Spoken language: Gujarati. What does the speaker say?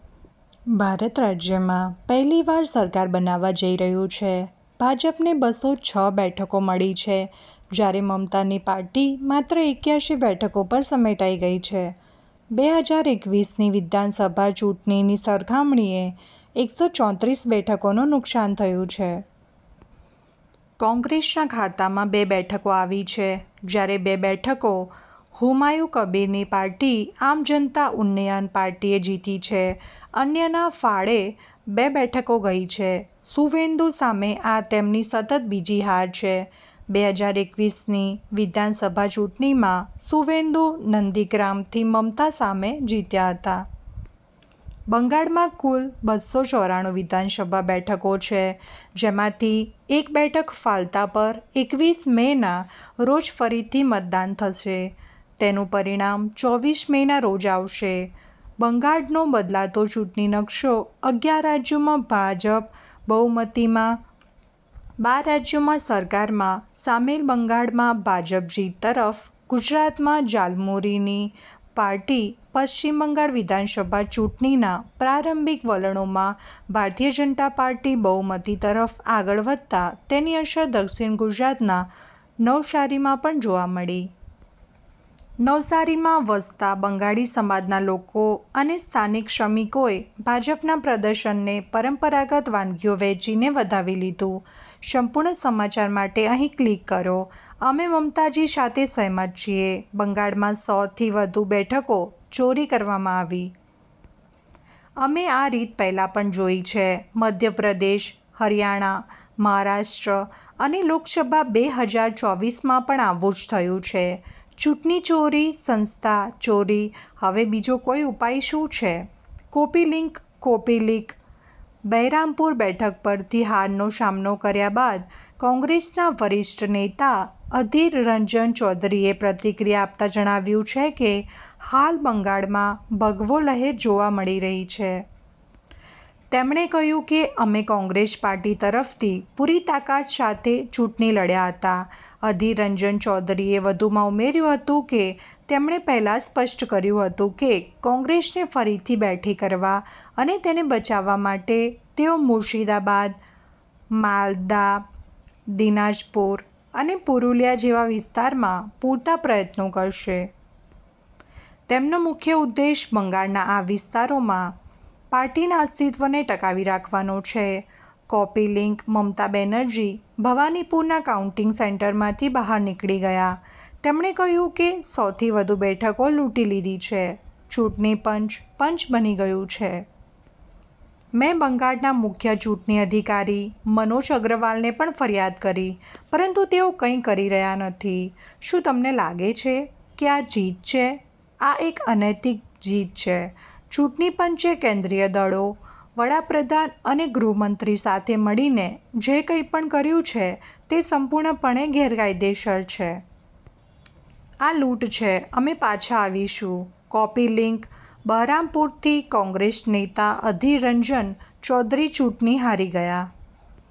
ભાજપ રાજ્યમાં પહેલીવાર સરકાર બનાવવા જઈ રહ્યું છે. ભાજપને બસો છ બેઠકો મળી છે, જ્યારે મમતાની પાર્ટી માત્ર એક્યાસી બેઠકો પર સમેટાઈ ગઈ છે. બે હાજર એકવીસની વિધાનસભા ચૂંટણીની સરખામણીએ એકસો ચોત્રીસ બેઠકોનું નુકસાન થયું છે. કોંગ્રેસના ખાતામાં બે બેઠકો આવી છે, જ્યારે બે બેઠકો હુમાયુ કબીરની પાર્ટી 'આમ જનતા ઉન્નયન પાર્ટી'એ જીતી છે. અન્યના ફાળે બે બેઠકો ગઈ છે. સુવેન્દુ સામે આ તેમની સતત બીજી હાર છે. બે હાજર એકવીસ ની વિધાનસભા ચૂંટણીમાં સુવેન્દુ નંદીગ્રામથી મમતા સામે જીત્યા હતા. બંગાળમાં કુલ બસો ચોરાણું વિધાનસભા બેઠકો છે, જેમાંથી એક બેઠક ફાલતા પર એકવીસ મેના રોજ ફરીથી મતદાન થશે. તેનું પરિણામ ચોવીસ મેના રોજ આવશે. બંગાળનો બદલાતો ચૂંટણી નકશો અગિયાર રાજ્યોમાં ભાજપ બહુમતીમાં, બાર રાજ્યોમાં સરકારમાં સામેલ બંગાળમાં ભાજપ જીત તરફ, ગુજરાતમાં ઝાલમુરીની પાર્ટી પશ્ચિમ બંગાળ વિધાનસભા ચૂંટણીના પ્રારંભિક વલણોમાં ભારતીય જનતા પાર્ટી બહુમતી તરફ આગળ વધતા તેની અસર દક્ષિણ ગુજરાતના નવસારીમાં પણ જોવા મળી. નવસારીમાં વસતા બંગાળી સમાજના લોકો અને સ્થાનિક શ્રમિકોએ ભાજપના પ્રદર્શનને પરંપરાગત વાનગીઓ વહેંચીને વધાવી લીધું. સંપૂર્ણ સમાચાર માટે અહીં ક્લિક કરો.. અમે મમતાજી સાથે સહમત છીએ. બંગાળમાં સો થી વધુ બેઠકો ચોરી કરવામાં આવી. અમે આ રીત પહેલા પણ જોઈ છે- મધ્ય પ્રદેશ, હરિયાણા, મહારાષ્ટ્ર અને લોકસભા બે હાજર ચોવીસ માં પણ આવું જ થયું છે. ચૂંટણી ચોરી, સંસ્થા ચોરી હવે બીજો કોઈ ઉપાય શું છે. Copy link copy link Baharampur બેઠક પરથી હારનો સામનો કર્યા બાદ કોંગ્રેસના વરિષ્ઠ નેતા અધીર રંજન ચૌધરીએ પ્રતિક્રિયા આપતા જણાવ્યું છે કે, હાલ બંગાળમાં ભગવો લહેર જોવા મળી રહી છે. તેમણે કહ્યું કે, અમે કોંગ્રેસ પાર્ટી તરફથી પૂરી તાકાત સાથે ચૂંટણી લડ્યા હતા. અધીર રંજન ચૌધરીએ વધુમાં ઉમેર્યું હતું કે, તેમણે પહેલા જ સ્પષ્ટ કર્યું હતું કે કોંગ્રેસને ફરીથી બેઠી કરવા અને તેને બચાવવા માટે તેઓ મુર્શિદાબાદ, માલદા, દિનાજપુર અને પુરુલિયા જેવા વિસ્તારોમાં પૂરતા પ્રયત્નો કરશે. તેમનો મુખ્ય ઉદ્દેશ્ય બંગાળના આ વિસ્તારોમાં પાર્ટીના અસ્તિત્વને ટકાવી રાખવાનો છે. કૉપી લિંક મમતા બેનર્જી ભવાનીપુરના કાઉન્ટિંગ સેન્ટરમાંથી બહાર નીકળી ગયા. તેમણે કહ્યું કે, સો થી વધુ બેઠકો લૂંટી લીધી છે. ચૂંટણી પંચ, પંચ બની ગયું છે. મેં બંગાળના મુખ્ય ચૂંટણી અધિકારી મનોજ અગ્રવાલને પણ ફરિયાદ કરી. પરંતુ તેઓ કંઈ કરી રહ્યા નથી. શું તમને લાગે છે કે આ જીત છે? આ એક અનૈતિક જીત છે. ચૂંટણી પંચે કેન્દ્રીય દળો, વડાપ્રધાન અને ગૃહમંત્રી સાથે મળીને જે કંઈ પણ કર્યું છે તે સંપૂર્ણપણે ગેરકાયદેસર છે. આ લૂંટ છે, અમે પાછા આવીશું. કૉપી લિંક બહરામપુરથી કોંગ્રેસ નેતા અધીર રંજન ચૌધરી ચૂંટણી હારી ગયા.